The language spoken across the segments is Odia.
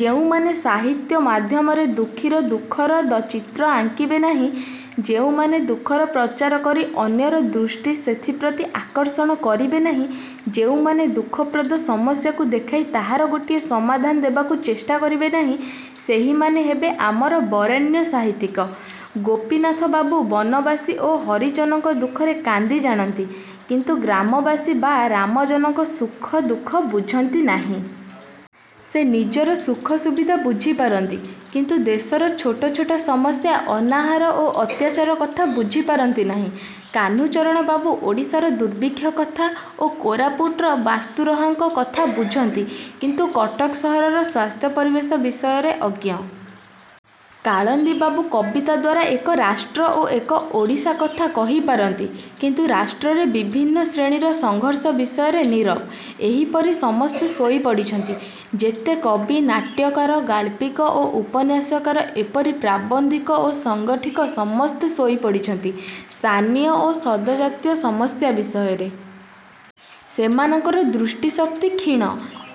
ଯେଉଁମାନେ ସାହିତ୍ୟ ମାଧ୍ୟମରେ ଦୁଃଖୀର ଦୁଃଖର ଚିତ୍ର ଆଙ୍କିବେ ନାହିଁ–ଯେଉଁମାନେ ଦୁଃଖର ପ୍ରଚାର କରି ଅନ୍ୟର ଦୃଷ୍ଟି ସେଥିପ୍ରତି ଆକର୍ଷଣ କରିବେ ନାହିଁ–ଯେଉଁମାନେ ଦୁଃଖପ୍ରଦ ସମସ୍ୟା ଦେଖାଇ ତାହାର ଗୋଟାଏ ସମାଧାନ ଦେବାକୁ ଚେଷ୍ଟା କରିବେ ନାହିଁ–ସେହିମାନେ ହେବେ ଆମର ବରେଣ୍ୟ ସାହିତ୍ୟିକ। ଗୋପୀନାଥ ବାବୁ ବନବାସୀ ଓ ହରିଜନଙ୍କର ଦୁଃଖରେ କାନ୍ଦି ଜାଣନ୍ତି, କିନ୍ତୁ ଗ୍ରାମବାସୀ ବା ରାମଜନଙ୍କର ସୁଖ ଦୁଖ ବୁଝନ୍ତି ନାହିଁ। ସେ ନିଜର ସୁଖ ସୁବିଧା ବୁଝି ପାରନ୍ତି କିନ୍ତୁ ଦେଶର ଛୋଟ ଛୋଟ ସମସ୍ୟା, ଅନାହାର ଓ ଅତ୍ୟାଚାର କଥା ବୁଝି ପାରନ୍ତି ନାହିଁ। କାହ୍ନୁଚରଣବାବୁ ଓଡ଼ିଶାର ଦୁର୍ଭିକ୍ଷ କଥା ଓ କୋରାପୁଟର ବାସ୍ତୁହରାଙ୍କର କଥା ବୁଝନ୍ତି; କିନ୍ତୁ କଟକ ସହରର ସ୍ୱାସ୍ଥ୍ୟ ପରିବେଶ ବିଷୟରେ ଅଜ୍ଞ। କାଳିନ୍ଦୀବାବୁ କବିତା ଦ୍ୱାରା ଏକ ରାଷ୍ଟ୍ର ଓ ଏକ ଓଡ଼ିଶା କଥା କହି ପାରନ୍ତି। କିନ୍ତୁ ରାଷ୍ଟ୍ରରେ ବିଭିନ୍ନ ଶ୍ରେଣୀର ସଂଘର୍ଷ ବିଷୟରେ ନିରବ। ଏହିପରି ସମସ୍ତେ ଶୋଇପଡ଼ିଛନ୍ତି। ଯେତେ କବି, ନାଟ୍ୟକାର, ଗାଳ୍ପିକ ଓ ଉପନ୍ୟାସକାର ଏପରିକି ପ୍ରାବନ୍ଧିକ ଓ ସଙ୍ଗଠକ ସମସ୍ତେ ଶୋଇପଡ଼ିଛନ୍ତି ସ୍ଥାନୀୟ ଓ ସଦ୍ୟଜାତ ସମସ୍ୟା ବିଷୟରେ। ସେମାନଙ୍କର ଦୃଷ୍ଟିଶକ୍ତି କ୍ଷୀଣ।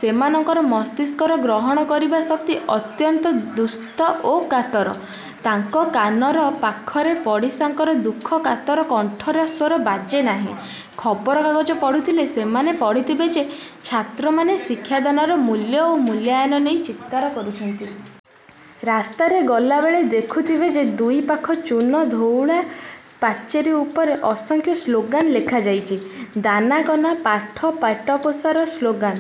ସେମାନଙ୍କର ମସ୍ତିଷ୍କର ଗ୍ରହଣ କରିବା ଶକ୍ତି ଅତ୍ୟନ୍ତ ଦୁଃସ୍ଥ ଓ କାତର। ତାଙ୍କ କାନରେ ପାଖ ପଡ଼ିଶାଙ୍କର ଦୁଃଖର କାତର କଣ୍ଠସ୍ୱର ବାଜେ ନାହିଁ। ଖବରକାଗଜ ପଢ଼ୁଥିଲେ ସେମାନେ ପଢ଼ିଥିବେ ଯେ ଛାତ୍ରମାନେ ଶିକ୍ଷାଦାନର ମୂଲ୍ୟ ଓ ମୂଲ୍ୟାୟନ ନେଇ ଚିତ୍କାର କରୁଛନ୍ତି। ରାସ୍ତାରେ ଗଲାବେଳେ ଦେଖୁଥିବେ ଯେ ଦୁଇ ପାଖ ଚୂନ ଧଉଳା ପାଚିରୀ ଉପରେ ଅସଂଖ୍ୟ ସ୍ଳୋଗାନ୍ ଲେଖା ଯାଇଛି–ଦାନା, କନା, ପାଠ ଓ ପେଟପୋଷାର ସ୍ଳୋଗାନ୍।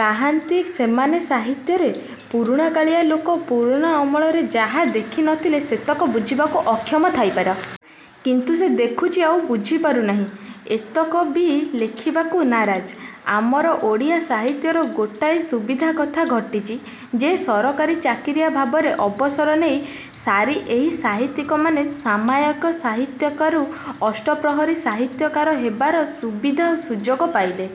କାହାନ୍ତି ସେମାନେ ସାହିତ୍ୟରେ? ପୁରୁଣା–କାଳିଆ ଲୋକ ପୁରୁଣା ଅମଳରେ ଯାହା ଦେଖି ନ ଥିଲା ସେତକ ବୁଝିବାକୁ ଅକ୍ଷମ ଥାଇପାରେ। କିନ୍ତୁ ସେ ଦେଖୁଛି ଆଉ ବୁଝିପାରୁ ନାହିଁ–ଏତକ ବି ଲେଖିବାକୁ ନାରାଜ। ଆମର ଓଡ଼ିଆ ସାହିତ୍ୟର ଗୋଟାଏ ସୁବିଧା କଥା ଘଟିଛି ଯେ ସରକାରୀ ଚାକିରିଆ ଭାବରେ ଅବସର ନେଇ ସାରି ଏହି ସାହିତ୍ୟିକମାନେ ସାମୟିକ ସାହିତ୍ୟକାରରୁ ଅଷ୍ଟପ୍ରହରୀ ସାହିତ୍ୟକାର ହେବାର ସୁବିଧା ଓ ସୁଯୋଗ ପାଇଲେ।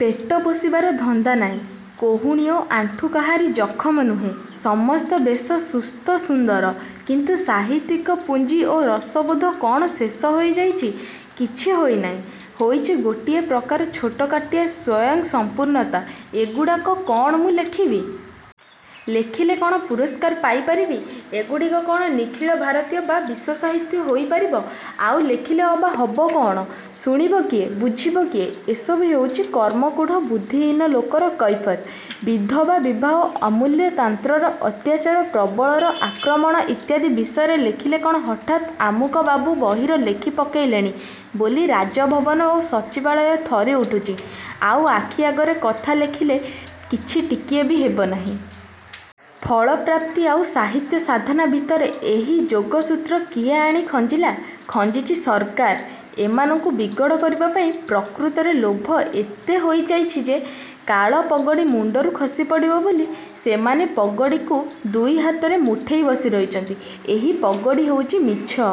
ପେଟ ପୋଷିବାର ଧନ୍ଦା ନାହିଁ। କହୁଣୀ ଓ ଆଣ୍ଠୁ କାହାରି ଜଖମ ନୁହେଁ। ସମସ୍ତେ ବେଶ ସୁସ୍ଥ ସୁନ୍ଦର। କିନ୍ତୁ ସାହିତ୍ୟିକ ପୁଞ୍ଜି ଓ ରସବୋଧ କ'ଣ ଶେଷ ହୋଇଯାଇଛି? କିଛି ହୋଇ ନାହିଁ। ହୋଇଛି ଗୋଟାଏ ପ୍ରକାରର ଛୋଟକାଟିଆ ସ୍ୱୟଂସଂପୂର୍ଣ୍ଣତା। ଏଗୁଡ଼ାକ କ'ଣ ମୁଁ ଲେଖିବି? ଲେଖିଲେ କ'ଣ ପୁରସ୍କାର ପାଇ ପାରିବି? ଏଗୁଡ଼ିକ କ'ଣ ନିଖିଳ ଭାରତୀୟ ବା ବିଶ୍ୱସାହିତ୍ୟ ହୋଇପାରିବ? ଆଉ ଲେଖିଲେ ଅବା କ'ଣ ହେବ? ଶୁଣିବ କିଏ? ବୁଝିବ କିଏ? ଏସବୁ ହେଉଛି କର୍ମକୂଢ଼ ବୁଦ୍ଧିହୀନ ଲୋକର କୈଫିୟତ୍। ବିଧବା ବିବାହ, ଅମଲାତନ୍ତ୍ରର ଅତ୍ୟାଚାର, ପ୍ରବଳର ଆକ୍ରମଣ ଇତ୍ୟାଦି ବିଷୟରେ ଲେଖିଲେ କ'ଣ ହଠାତ୍ ଅମୁକବାବୁ ବହି ଲେଖି ପକାଇଲେଣି ବୋଲି ରାଜଭବନ ଓ ସଚ୍ଚିବାଳୟ ଥରି ଉଠୁଛି ଆଉ ଆଖି ଆଗର କଥା ଲେଖିଲେ କିଛି ଟିକିଏ ବି ହେବ ନାହିଁ। ଫଳପ୍ରାପ୍ତି ଆଉ ସାହିତ୍ୟ ସାଧନା ଭିତରେ ଏହି ଯୋଗସୂତ୍ର କିଏ ଆଣି ଖଞ୍ଜିଲା? ଖଞ୍ଜିଛି ସରକାର। ଏମାନଙ୍କୁ ବିଗଡ଼ କରିବା ପାଇଁ। ପ୍ରକୃତରେ ଲୋଭ ଏତେ ହୋଇଛି ଯେ କାଳେ ପଗଡ଼ି ମୁଣ୍ତରୁ ଖସିପଡ଼ିବ ବୋଲି ସେମାନେ ପଗଡ଼ିକୁ ଦୁଇ ହାତରେ ମୁଠେଇ ବସି ରହିଛନ୍ତି। ଏହି ପଗଡ଼ି ହେଉଛି ମିଛ